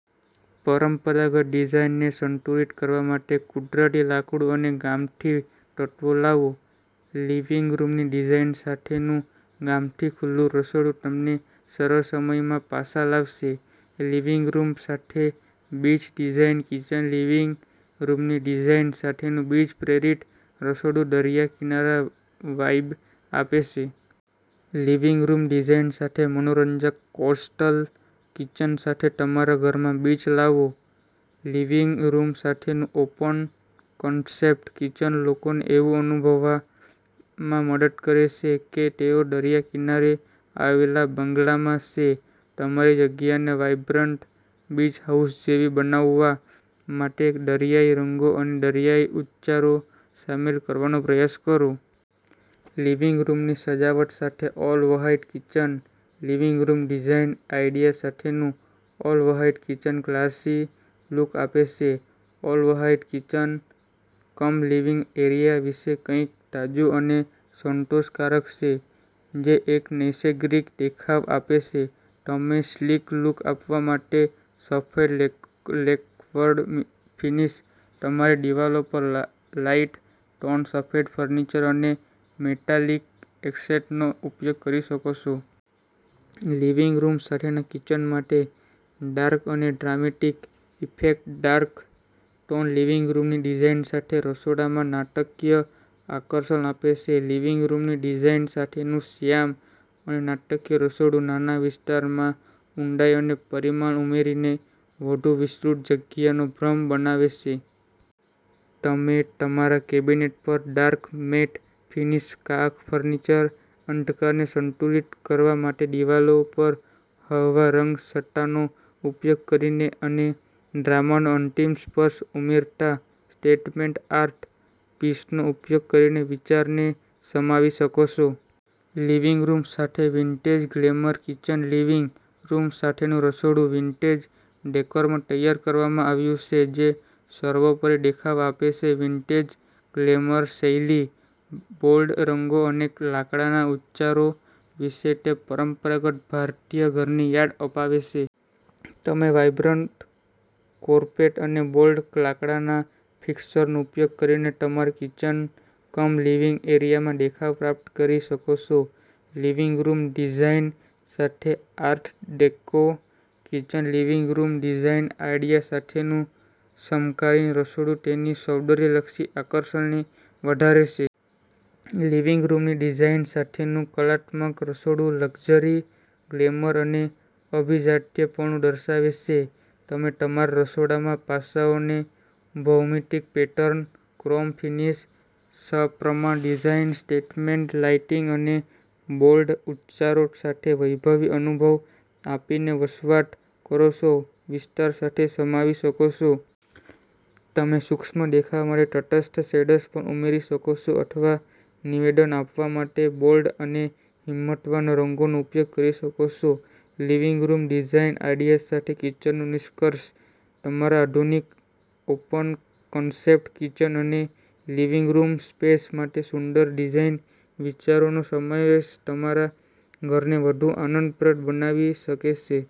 પરંપરાગત ડિઝાઇનને સંતુલિત કરવા માટે કુદરતી લાકડું અને ગામઠી તત્વો લાવો. લિવિંગ રૂમની ડિઝાઇન સાથેનું ગામઠી ખુલ્લું રસોડું તમને સરળ સમયમાં પાછા લાવશે. લિવિંગ રૂમ સાથે બીચ ડિઝાઇન, કિચન લિવિંગ રૂમની ડિઝાઇન સાથેનું બીચ પ્રેરિત રસોડું દરિયા કિનારે વાઇબ આપે છે. લિવિંગ રૂમ ડિઝાઇન સાથે મનોરંજક કોસ્ટલ કિચન સાથે તમારા ઘરમાં બીચ લાવો. લિવિંગ રૂમ સાથેનું ઓપન-કન્સેપ્ટ કિચન લોકોને એવું અનુભવવામાં મદદ કરે છે કે તેઓ દરિયા કિનારે આવેલા બંગલામાં છે. તમારી જગ્યાને વાઇબ્રન્ટ બીચ હાઉસ જેવી બનાવવા માટે દરિયાઇ રંગો અને દરિયાઇ ઉચ્ચારો સામેલ કરવાનો પ્રયાસ કરો. લિવિંગ રૂમની સજાવટ સાથે all white kitchen living room design idea સાથેનું ઓલ-વ્હાઇટ કિચન ક્લાસી લુક આપે છે. ઓલ-વ્હાઈટ કિચન-કમ-લિવિંગ એરિયા વિશે કંઈક તાજું અને સંતોષકારક છે જે એક નૈસર્ગિક દેખાવ આપે છે. તમે સ્લીક લુક આપવા માટે સફેદ લેકક્વર્ડ ફિનીશ, તમારી દિવાલો પર લાઇટ ટોન, સફેદ ફર્નિચર અને મેટાલિક એક્સેંટનો ઉપયોગ કરી શકો છો. લિવિંગ રૂમ સાથેના કિચન માટે ડાર્ક અને dramatic effect dark tone living રૂમની ડિઝાઇન સાથે રસોડામાં નાટકીય આકર્ષણ આપે છે. લિવિંગ રૂમની ડિઝાઇન સાથેનું શ્યામ અને નાટકીય રસોડું નાના વિસ્તારમાં ઊંડાઈ અને પરિમાણ ઉમેરીને વધુ વિસ્તૃત જગ્યાનો ભ્રમ બનાવે છે. તમે તમારા કેબિનેટ પર ડાર્ક મેટ ફિનિશ, કાળા ફર્નિચર, અંધકારને સંતુલિત કરવા માટે દિવાલો પર હળવા રંગછટાનો ઉપયોગ કરીને અને ડ્રામાનો અંતિમ સ્પર્શ ઉમેરતા સ્ટેટમેન્ટ આર્ટ પીસનો ઉપયોગ કરીને વિચારને સમાવી શકો છો. લિવિંગ રૂમ સાથે vintage glamour kitchen, living room સાથેનું રસોડું વિન્ટેજ ડેકોરમાં તૈયાર કરવામાં આવ્યું છે જે સર્વોપરી દેખાવ આપે છે. વિન્ટેજ ગ્લેમર શૈલી બોલ્ડ રંગો અને લાકડાના ઉચ્ચારો વિશે છે. તે પરંપરાગત ભારતીય ઘરની યાદ અપાવે છે. તમે વાઇબ્રન્ટ કાર્પેટ અને બોલ્ડ લાકડાના ફિક્સરનો ઉપયોગ કરીને તમારા કિચન-કમ-લિવિંગ એરિયામાં દેખાવ પ્રાપ્ત કરી શકો છો. લિવિંગ રૂમ ડિઝાઇન સાથે art deco kitchen, living room design idea સાથેનું સમકાલીન રસોડું તેની સૌંદર્યલક્ષી આકર્ષણને વધારે છે. લિવિંગ રૂમની ડિઝાઇન સાથેનું કલાત્મક રસોડું લક્ઝરી, ગ્લેમર અને અભિજાત્યપણુ દર્શાવે છે. તમે તમારા રસોડામાં પાસાઓને ભૌમિતિક પેટર્ન, ક્રોમ ફિનિશ, સપ્રમાણ ડિઝાઇન, સ્ટેટમેન્ટ લાઇટિંગ અને બોલ્ડ ઉચ્ચારો સાથે વૈભવી અનુભવ આપીને વસવાટ કરો છો વિસ્તાર સાથે સમાવી શકો છો. તમે સૂક્ષ્મ દેખાવ માટે તટસ્થ શેડ્સ પણ ઉમેરી શકો છો અથવા નિવેદન આપવા માટે બોલ્ડ અને હિંમતવાન રંગોનો ઉપયોગ કરી શકો છો. લિવિંગ રૂમ ડિઝાઇન આઇડિયાઝ સાથે કિચનનું નિષ્કર્ષ તમારા આધુનિક ઓપન-કન્સેપ્ટ કિચન અને લિવિંગ રૂમ સ્પેસ માટે સુંદર ડિઝાઇન વિચારોનો સમાવેશ તમારા ઘરને વધુ આનંદપ્રદ બનાવી શકે છે.